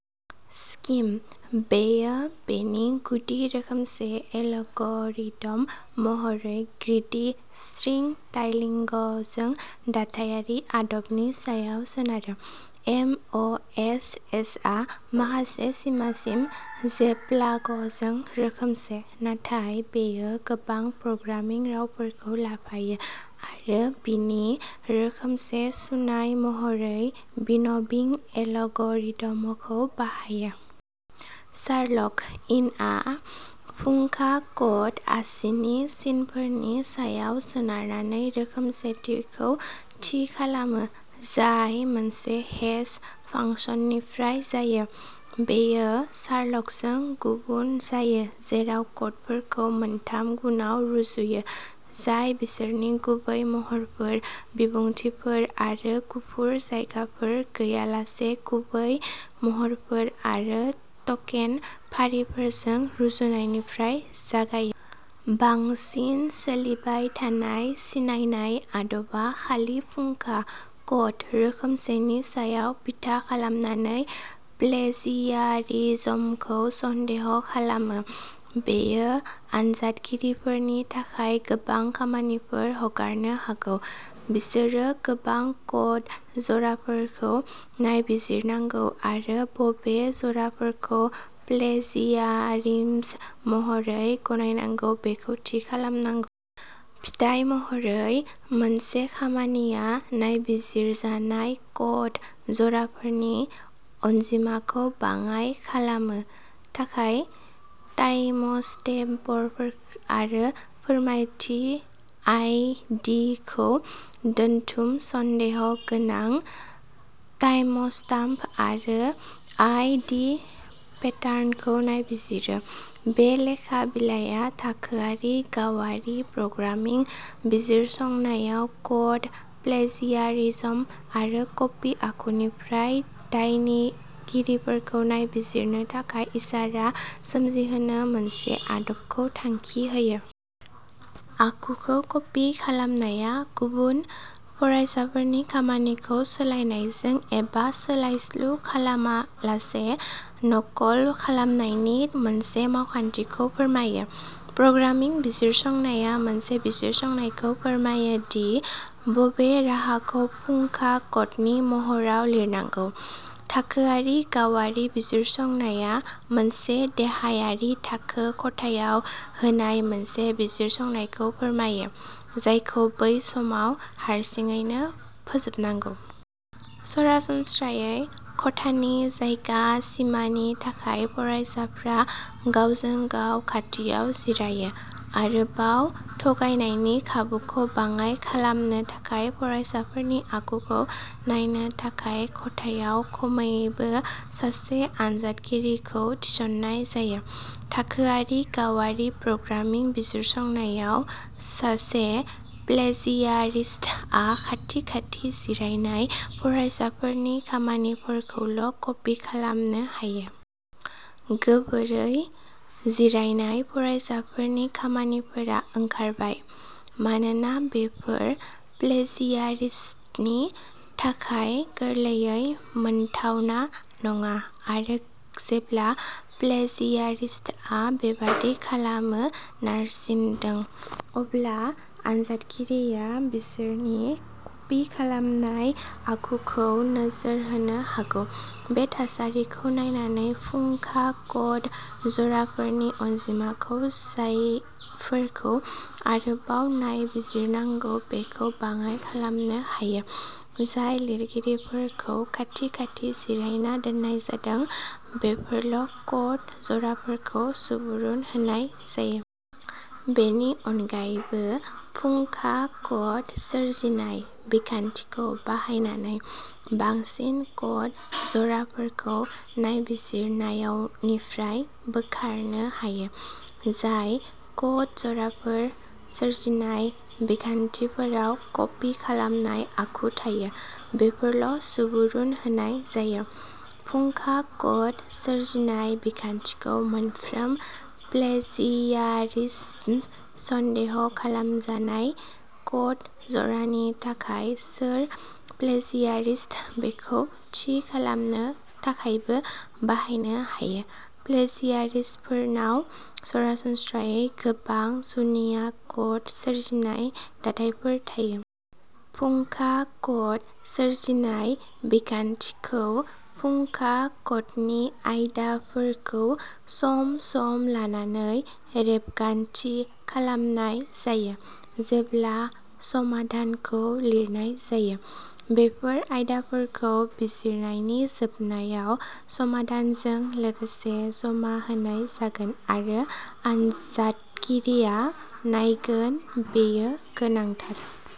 Scheme, बेयो बेनि गुदि रोखोमसे एलगरिद'म महरै ग्रीडी-स्ट्रिं-टाइलिंगजों दाथायारि आदबनि सायाव सोनारो। एम अ एस एसआ माखासे सिमासिम, जेप्लागजों रोखोमसे, नाथाय बेयो गोबां प्रग्रामिं रावफोरखौ लाफायो आरो बिनि रोखोमसे सुनाय महरै विन'विं एलगरिद'मखौ बाहायो। शार्लक इनआ फुंखा क'ड आसिनि सिनफोरनि सायाव सोनारनानै रोखोमसेथिखौ थि खालामो, जाय मोनसे हेश फांसननिफ्राय जायो। बेयो शार्लकजों गुबुन जायो जेराव क'डफोरखौ मोनथाम गुनआव रुजुयो, जाय बिसोरनि गुबै महरफोर, बिबुंथिफोर आरो गुफुर जायगाफोर गैयालासे गुबै महरफोर आरो टकेन फारिफोरजों रुजुननायनिफ्राय जागायो। बांसिन सोलिबाय थानाय सिनायनाय आदबा खालि फुंखा क'ड रोखोमसेनि सायाव बिथा खालामनानै प्लेजियारिज्मखौ सन्देह खालामो। बेयो आनजादगिरिफोरनि थाखाय गोबां खामानिफोर हगारनो हागौ; बिसोरो गोबां क'ड जराफोरखौ नायबिजिरनांगौ आरो बबे जराफोरखौ प्लेजियारिज्म महरै गनायनांगौ बेखौ थि खालामनांगौ। फिथाय महरै, मोनसे खामानिया नायबिजिरजानाय क'ड जराफोरनि अनजिमाखौ बाङाइ खालामनो थाखाय टाइमस्टेम्पफोर आरो फोरमानथि आइ डि खौ दोनथुम सन्देह' गोनां टाइमस्टाम्प आरो आइ डि पेटार्नखौ नायबिजिरो। बे लेखा बिलाइआ थाखोआरि गावारि प्रग्रामिं बिजिरसंनायाव क'ड प्लेजियारिज्म आरो क'पि आखुनिफ्राय दायनिगिरिफोरखौ नायबिजिरनो थाखाय इसारा सोमजिहोनो मोनसे आदबखौ थांखि होयो। आखुखौ क'पि खालामनाया गुबुन फरायसाफोरनि खामानिखौ सोलायनायजों एबा सोलायस्लु खालामालासे नकल खालामनायनि मोनसे मावखान्थिखौ फोरमायो। प्रग्रामिं बिजिरसंनाया मोनसे बिजिरसंनायखौ फोरमायो दि बबे राहाखौ फुंखा क'डनि महराव लिरनांगौ। थाखोआरि गावारि बिजिरसंनाया मोनसे देहायारि थाखो खथायाव होनाय मोनसे बिजिरसंनायखौ फोरमायो, जायखौ बै समाव हारसिङैनो फोजोबनांगौ। सरासनस्रायै, खथानि जायगा सिमानि थाखाय फरायसाफ्रा गावजों-गाव खाथियाव जिरायो। आरोबाव, थगायनायनि खाबुखौ बाङाइ खालामनो थाखाय, फरायसाफोरनि आखुखौ नायनो थाखाय खथायाव खमैबो सासे आनजादगिरिखौ थिसननाय जायो। थाखोआरि गावारि प्रग्रामिं बिजिरसंनायाव, सासे प्लेजियारिस्ट आ खाथि-खाथि जिरायनाय फरायसाफोरनि खामानिफोरखौल' क'पि खालामनो हायो। गोरोबै जिरायनाय फरायसाफोरनि खामानिफोरा ओंखारबाय। मानोना बेफोर प्लेजियारिस्तनि थाखाय गोरलैयै मोनथावना नङा आरो जेब्ला प्लेजियारिस्तआ बेबादि खालामनो नारसिनदों, अब्ला आनजादगिरिया बिसोरनि कपि खालामनाय आखुखौ नोजोर होनो हागौ। बे थासारिखौ नायनानै, फुंखा क'ड जराफोरनि अनजिमाखौ जायफोरखौ आरोबाव नायबिजिरनांगौ बेखौ बाङाइ खालामनो हायो; जाय लिरगिरिफोरखौ खाथि-खाथि जिरायना दोननाय जादों बेफोरल' क'ड जराफोरखौ सुबुरुन होनाय जायो। बेनि अनगायैबो, फुंखा क'ड सोरजिनाय बिखान्थिखौ बाहायनानै, बांसिन क'ड जराफोरखौ नायबिजिरनायावनिफ्राय बोखारनो हायो; जाय क'ड जराफोर सोरजिनाय बिखान्थिफोराव कपि खालामनाय आखु थायो बेफोरल'सुबुरुन होनाय जायो। फुंखा क'ड सोरजिनाय बिखान्थिखौ मोनफ्रोम प्लेजियारिस्म सन्देह खालामजानाय क'ड जरानि थाखाय सोर प्लेजियारिस्ट बेखौ थि खालामनो थाखायबो बाहायनो हायो; प्लेजियारिस्टफोरनाव सरासनस्रायै गोबां जुनिया क'ड सोरजिनाय दाथायफोर थायो। फुंखा क'ड सोरजिनाय बिखान्थिखौ फुंखा क'डनि आयदाफोरखौ सम-सम लानानै रेबगान्थि खालामनाय जायो जेब्ला समाधानखौ लिरनाय जायो। बेफोर आयदाफोरखौ बिजिरनायनि जोबनायाव, समाधानजों लोगोसे जमा होनाय जागोन आरो आनजादगिरिआ नायगोन बेयो गोनांथार।